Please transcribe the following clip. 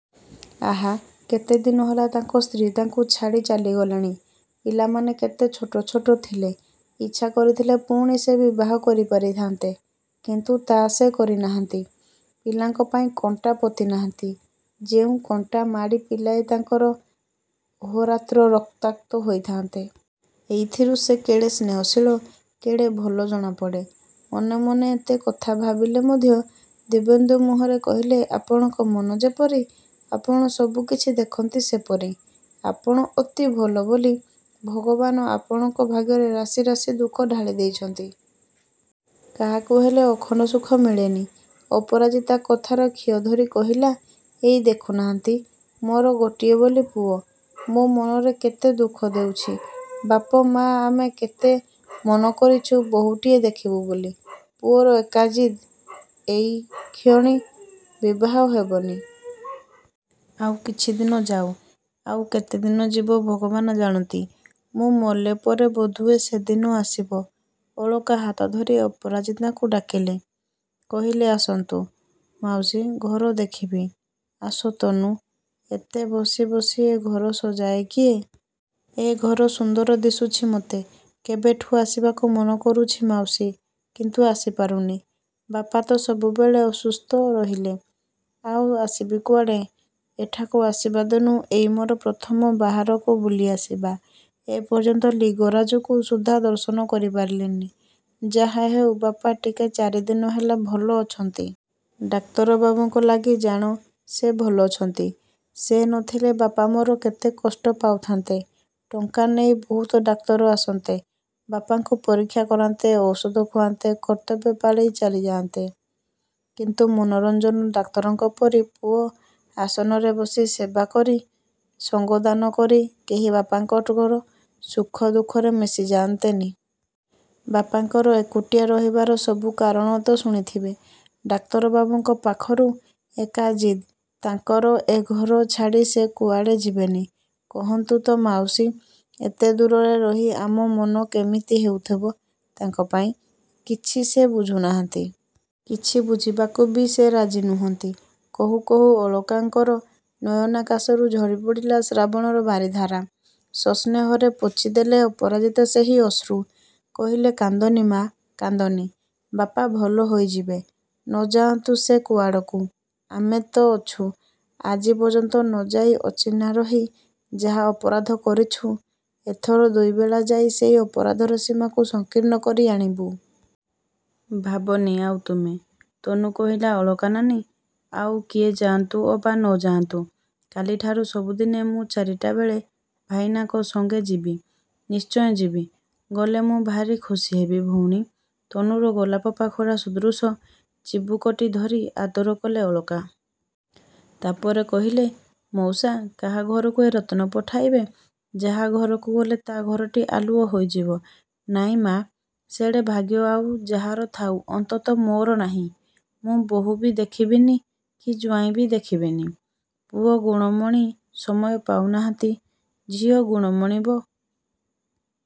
ଆହା, କେତେଦିନୁ ହେଲା ତାଙ୍କ ସ୍ତ୍ରୀ ତାଙ୍କୁ ଛାଡ଼ି ଚାଲି ଗଲେଣି। ପିଲାମାନେ କେତେ ଛୋଟ ଛୋଟ ଥିଲେ। ଇଚ୍ଛା କରିଥିଲେ ପୁଣି ସେ ବିବାହ କରିପାରିଥାନ୍ତେ; କିନ୍ତୁ ତା' ସେ କରିନାହାନ୍ତି। ପିଲାଙ୍କ ପାଇଁ କଣ୍ଟା ପୋତିନାହାନ୍ତି, ଯେଉଁ କଣ୍ଟା ମାଡ଼ି ପିଲାଏ ତାଙ୍କର ଅହୋରାତ୍ର ରକ୍ତାକ୍ତ ହୋଇଥାନ୍ତେ। ଏଇଥିରୁ ସେ କେଡ଼େ ସ୍ନେହଶୀଳ, କେଡ଼େ ଭଲ ଜଣାପଡ଼େ। ମନେ ମନେ ଏତେ କଥା ଭାବିଲେ ମଧ୍ୟ ଦିବ୍ୟେନ୍ଦୁ ମୁହଁରେ କହିଲେ ଆପଣଙ୍କ ମନ ଯେପରି ଆପଣ ସବୁ କିଛି ଦେଖନ୍ତି ସେପରି। ଆପଣ ଅତି ଭଲ ବୋଲି ଭଗବାନ ଆପଣଙ୍କ ଭାଗ୍ୟରେ ରାଶି ରାଶି ଦୁଃଖ ଢାଳି ଦେଇଛନ୍ତି। କାହାକୁ ହେଲେ ଅଖଣ୍ଡ ସୁଖ ମିଳେନି। ଅପରାଜିତା କଥାର ଖିଅ ଧରି କହିଲ। ଏଇ ଦେଖୁନାହାନ୍ତି, ମୋର ଗୋଟିଏ ବୋଲି ପୁଅ, ମୋ ମନରେ କେତେ ଦୁଃଖ ଦେଉଛି। ବାପ ମାଆ ଆମେ କେତେ ମନ କରିଛୁ ବୋହୂଟିଏ ଦେଖିବୁ ବୋଲି। ପୁଅର ଏକା ଜିଦ୍ ଏଇକ୍ଷଣି ବିବାହ ହେବନି। ଆଉ କିଛିଦିନ ଯାଉ। ଆଉ କେତେଦିନ ଯିବ ଭଗବାନ ଜାଣନ୍ତି। ମୁଁ ମଲେ ପରେ ବୋଧହୁଏ ସେଦିନ ଆସିବ। ଅଳକା ହାତ ଧରି ଅପରାଜିତାଙ୍କୁ ଡାକିଲେ। କହିଲେ ଆସନ୍ତୁ ମାଉସୀ, ଘର ଦେଖିବି। ଆସ ତନୁ। ଏତେ ବସି ବସି ଏ ଘର ସଜାଏ କିଏ? ଏ ଘର ସୁନ୍ଦର ଦିଶୁଛି ମୋତେ। କେବେଠୁଁ ଆସିବାକୁ ମନ କରୁଛି ମାଉସୀ; କିନ୍ତୁ ଆସିପାରୁନି। ବାପା ତ ସବୁବେଳେ ଅସୁସ୍ଥ ରହିଲେ, ଆଉ ଆସିବି କୁଆଡ଼େ। ଏଠାକୁ ଆସିବାଦିନୁ ଏଇ ମୋର ପ୍ରଥମ ବାହାରକୁ ବୁଲିଆସିବା। ଏପର୍ଯ୍ୟନ୍ତ ଲିଙ୍ଗରାଜଙ୍କୁ ସୁଦ୍ଧା ଦର୍ଶନ କରିପାରିଲିନି। ଯାହା ହେଉ ବାପା ଟିକେ ଚାରିଦିନ ହେଲା ଭଲ ଅଛନ୍ତି। ଡାକ୍ତର ବାବୁଙ୍କ ଲାଗି ଜାଣ, ସେ ଭଲ ଅଛନ୍ତି। ସେ ନଥିଲେ ବାପା ମୋର କେତେ କଷ୍ଟ ପାଉଥାନ୍ତେ। ଟଙ୍କା ନେଇ ବୋହୁତ ଡାକ୍ତର ଆସନ୍ତେ, ବାପାଙ୍କୁ ପରୀକ୍ଷା କରାନ୍ତେ, ଔଷଧ ଖୁଆନ୍ତେ, କର୍ତ୍ତବ୍ୟ ପାଳି ଚାଲିଯାଆନ୍ତେ। କିନ୍ତୁ ମନୋରଞ୍ଜନ ଡାକ୍ତରଙ୍କ ପରି ପୁଅ ଆସନରେ ବସି, ସେବା କରି, ସଙ୍ଗଦାନ କରି କେହି ବାପାଙ୍କର ସୁଖ ଦୁଃଖରେ ମିଶିଯାଆନ୍ତେନି। ବାପାଙ୍କର ଏକୁଟିଆ ରହିବାର ସବୁ କାରଣ ତ ଶୁଣିଥିବେ ଡାକ୍ତରବାବୁଙ୍କ ପାଖରୁ। ଏକା ଜିଦ୍ ତାଙ୍କର ଏ ଘର ଛାଡ଼ି ସେ କୁଆଡ଼େ ଯିବେନି। କହନ୍ତୁ ତ ମାଉସୀ, ଏତେ ଦୂରରେ ରହି ଆମ ମନ କେମିତି ହେଉଥିବ ତାଙ୍କ ପାଇଁ। କିଛି ସେ ବୁଝୁନାହାନ୍ତି। କିଛି ବୁଝିବାକୁ ବି ସେ ରାଜି ନୁହନ୍ତି। କହୁ କହୁ ଅଳକାଙ୍କର ନୟନାକାଶରୁ ଝରିପଡ଼ିଲା ଶ୍ରାବଣର ବାରିଧାରା। ସସ୍ନେହରେ ପୋଛିଦେଲେ ଅପରାଜିତା ସେହି ଅଶ୍ରୁ। କହିଲେ କାନ୍ଦନି ମା', କାନ୍ଦନି। ବାପା ଭଲ ହୋଇଯିବେ। ନଯାନ୍ତୁ ସେ କୁଆଡ଼କୁ, ଆମେ ତ ଅଛୁ। ଆଜି ପର୍ଯ୍ୟନ୍ତ ନଯାଇ, ଅଚିହ୍ନା ରହି ଯାହା ଅପରାଧ କରିଛୁ ଏଥର ଦୁଇବେଳା ଯାଇ ସେହି ଅପରାଧର ସୀମାକୁ ସଂକୀର୍ଣ୍ଣ କରି ଆଣିବୁ। ଭାବନି ଆଉ ତୁମେ। ତନୁ କହିଲା ଅଳକା ନାନୀ, ଆଉ କିଏ ଯାଆନ୍ତୁ ଅବା ନ ଯାଆନ୍ତୁ, କାଲିଠାରୁ ସବୁଦିନେ ମୁଁ ଚାରିଟା ବେଳେ ଭାଇନାଙ୍କ ସଙ୍ଗେ ଯିବି। ନିଶ୍ଚୟ ଯିବ। ଗଲେ ମୁଁ ଭାରି ଖୁସି ହେବି ଭଉଣୀ। ତନୁର ଗୋଲାପ ପାଖୁଡ଼ା ସଦୃଶ ଚିବୁକଟି ଧରି ଆଦର କଲେ ଅଳକା। ତା'ପରେ କହିଲେ ମାଉସା, କାହା ଘରକୁ ଏ ରତ୍ନ ପଠାଇବେ? ଯାହା ଘରକୁ ଗଲେ ତା' ଘରଟି ଆଲୁଅ ହୋଇଯିବ। ନାଇଁ ମା', ସେଡ଼େ ଭାଗ୍ୟ ଆଉ ଯାହାର ଥାଉ, ଅନ୍ତତ ମୋର ନାହିଁ। ମୁଁ ବୋହୂ ବି ଦେଖିବିନି, କି ଜ୍ୱାଇଁ ବି ଦେଖିବିନି। ପୁଅ ଗୁଣମଣି ସମୟ ପାଉନାହାନ୍ତି। ଝିଅ ଗୁଣମଣି ବ |